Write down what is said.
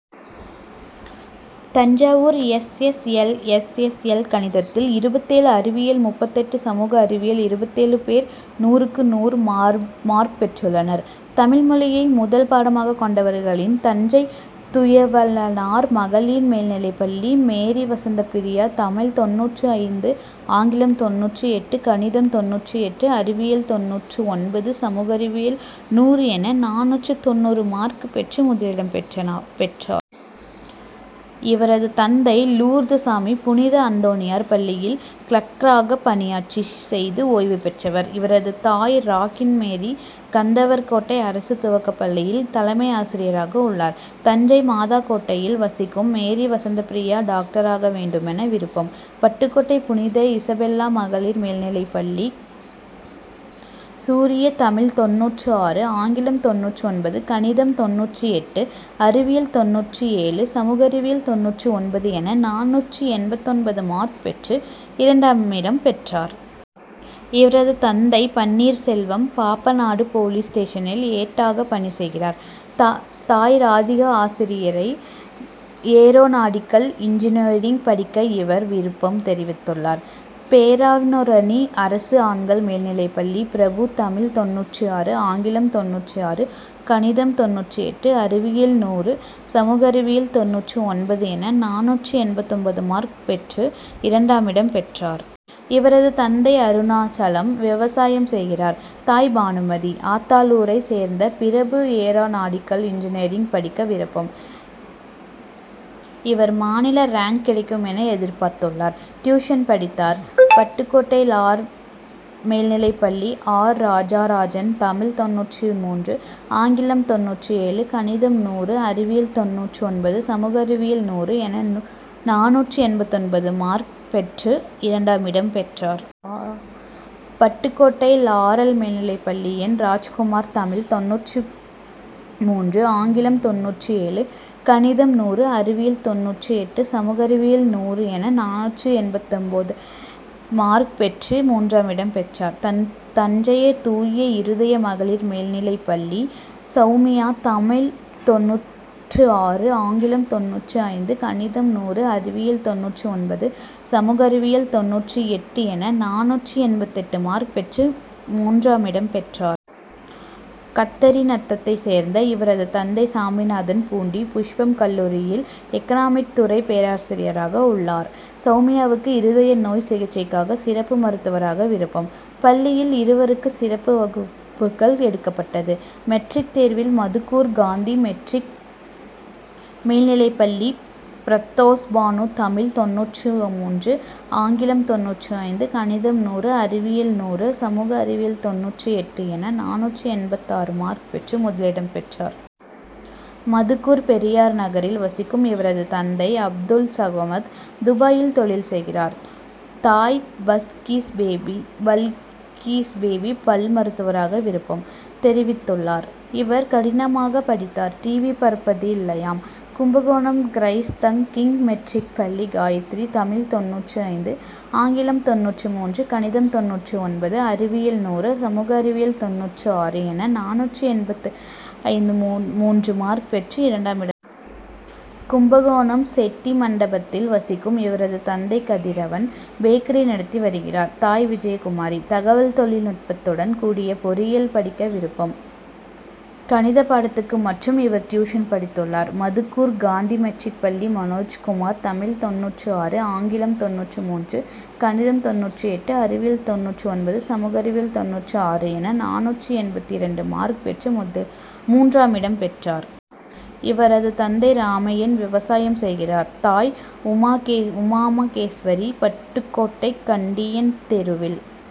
Thanjavur: S. S. L. S. S. L. கணிதத்தில் இருபத்தேழு, அறிவியல் முப்பத்தெட்டு, சமூக அறிவியல் இருபத்தேழு பேர் நூறுக்கு நூறு மார்க் பெற்றுள்ளனர். தமிழ் மொழியை முதல் பாடமாக கொண்டவர்களின், தஞ்சை தூயவளனார் மகளிர் மேல்நிலைப்பள்ளி மேரிவசந்தப்பிரியா தமிழ் தொண்ணூற்று ஐந்து, ஆங்கிலம் தொண்ணூற்று எட்டு, கணிதம் தொண்ணூற்று எட்டு, அறிவியல் தொண்ணூற்று ஒன்பது, சமூக அறிவியல் நூறு என நானூற்று தொண்ணூறு மார்க் பெற்று முதலிடம் பெற்றார். இவரது தந்தை லூர்துசாமி புனித அந்தோணியார் பள்ளியில் கிளர்க்காக பணி செய்து ஓய்வு பெற்றவர். இவரது தாய் ராக்கின்மேரி கந்தர்வக்கோட்டை அரசு துவக்கப்பள்ளியில் தலைமை ஆசிரியையாக உள்ளார். தஞ்சை மாதாக்கோட்டையில் வசிக்கும் மேரிவசந்தப்பிரியா டாக்டராக வேண்டுமென விருப்பம். பட்டுக்கோட்டை புனித இசபெல்லா மகளிர் மேல்நிலைப்பள்ளி சூரியா தமிழ் தொண்ணூற்று ஆறு, ஆங்கிலம் தொண்ணூற்று ஒன்பது, கணிதம் தொண்ணூற்று எட்டு, அறிவியல் தொண்ணூற்று ஏழு, சமூக அறிவியல் தொண்ணூற்று ஒன்பது என நானூற்று எண்பத்தொன்பது மார்க் பெற்று இரண்டாமிடம் பெற்றார். இவரது தந்தை பன்னீர்செல்வம் பாப்பநாடு போலீஸ் ஸ்டேஷனில் ஏட்டாக பணி செய்கிறார். தாய் ராதிகா ஆசிரியை. ஏரோநாடிக்கல் இன்ஜினியரிங் படிக்க இவர் விருப்பம் தெரிவித்துள்ளார். பேராவூரணி அரசு ஆண்கள் மேல்நிலைப்பள்ளி பிரபு தமிழ் தொண்ணூற்று ஆறு, ஆங்கிலம் தொண்ணூற்று ஆறு, கணிதம் தொண்ணூற்று எட்டு, அறிவியல் நூறு, சமூக அறிவியல் தொண்ணூற்று ஒன்பது என நானூற்று எண்பத்தொன்பது மார்க் பெற்று இரண்டாமிடம் பெற்றார். இவரது தந்தை அருணாசலம் விவசாயம் செய்கிறார். தாய் பானுமதி. ஆத்தாளூரைச் சேர்ந்த பிரபு ஏரோநாடிக்கல் இன்ஜினியரிங் படிக்க விருப்பம். இவர் மாநில ரேங்க் கிடைக்கும் என எதிர்பார்த்துள்ளார். டியூஷன் படித்தார். ப ட்டுக்கோட்டை லாரல் மேல்நிலைப்பள்ளி ஆர். ராஜராஜன் தமிழ் தொண்ணூற்று மூன்று, ஆங்கிலம் தொண்ணூற்று ஏழு, கணிதம் நூறு, அறிவியல் தொண்ணூற்று ஒன்பது, சமூக அறிவியல் நூறு என நானூற்று எண்பத்தொன்பது மார்க் பெற்று இரண்டாமிடம் பெற்றார். பட்டுக்கோட்டை லாரல் மேல்நிலைப்பள்ளி என். ராஜ்குமார் தமிழ் தொண்ணூற்று மூன்று, ஆங்கிலம் தொண்ணூற்று ஏழு, கணிதம் நூறு, அறிவியல் தொண்ணூற்று எட்டு, சமூக அறிவியல் நூறு என நானூற்று எண்பத்தெட்டு மார்க் பெற்று மூன்றாமிடம் பெற்றார். தஞ்சை தூய இருதய மகளிர் மேல்நிலைப்பள்ளி சௌமியா தமிழ் தொண்ணூற்று ஆறு, ஆங்கிலம் தொண்ணூற்று ஐந்து, கணிதம் நூறு, அறிவியல் தொண்ணூற்று ஒன்பது, சமூக அறிவியல் தொண்ணூற்று எட்டு என நானூற்று எண்பத்தெட்டு மார்க் பெற்று மூன்றாமிடம் பெற்றார். கத்தரிநத்தத்தை சேர்ந்த இவரது தந்தை சாமிநாதன் பூண்டி புஷ்பம் கல்லூரியில் எக்கனாமிக் துறை பேராசிரியராக உள்ளார். சௌமியாவுக்கு இருதய நோய் சிகிச்சைக்கான சிறப்பு மருத்துவராவது விருப்பம். பள்ளியில் இவருக்கு சிறப்பு வகுப்புகள் எடுக்கப்பட்டது. மெட்ரிக் தேர்வில் மதுக்கூர் காந்தி மெட்ரிக் மேல்நிலைப்பள்ளி பிர்தோஸ்பானு தமிழ் தொண்ணூற்று மூன்று, ஆங்கிலம் தொண்ணூற்று ஐந்து, கணிதம் நூறு, அறிவியல் நூறு, சமூக அறிவியல் தொண்ணூற்று எட்டு என நானூற்று எண்பத்தாறு மார்க் பெற்று முதலிடம் பெற்றார். மதுக்கூர் பெரியார் நகரில் வசிக்கும் இவரது தந்தை அப்துல்சமது துபாயில் தொழில் செய்கிறார். தாய் பல்கீஸ்பேபி. பல் மருத்துவராக விருப்பம் தெரிவித்துள்ளார். இவர் கடினமாக படித்தார். டிவி பார்ப்பதில்லையாம். Kumbakonam Christ the King matric பள்ளி காயத்ரி தமிழ் தொண்ணூற்று ஐந்து, ஆங்கிலம் தொண்ணூற்று மூன்று, கணிதம் தொண்ணூற்று ஒன்பது, அறிவியல் நூறு, சமூக அறிவியல் தொண்ணூற்று ஆறு என நானூற்று எண்பத்து மூன்று மார்க் பெற்று இரண்டாமிடம் பெற்றார். கும்பகோணம் செட்டிமண்டபத்தில் வசிக்கும் இவரது தந்தை கதிரவன் பேக்கரி நடத்தி வருகிறார். தாய் விஜயகுமாரி. தகவல் தொழில் நுட்பத்துடன் கூடிய பொறியியல் படிக்க விருப்பம். கணித பாடத்துக்கு மட்டும் இவர் டியூஷன் படித்துள்ளார். மதுக்கூர் காந்தி மெட்ரிக் பள்ளி மனோஜ்குமார் தமிழ் தொண்ணூற்று ஆறு, ஆங்கிலம் தொண்ணூற்று மூன்று, கணிதம் தொண்ணூற்று எட்டு, அறிவியல் தொண்ணூற்று ஒன்பது, சமூக அறிவியல் தொண்ணூற்று ஆறு என நானூற்று எண்பத்திரண்டு மார்க் பெற்று மூன்றாமிடம் பெற்றார். இவரது தந்தை ராமையன் விவசாயம் செய்கிறார். தாய் உமாமகேஸ்வரி. பட்டுக்கோட்டை கண்டியன் தெருவில்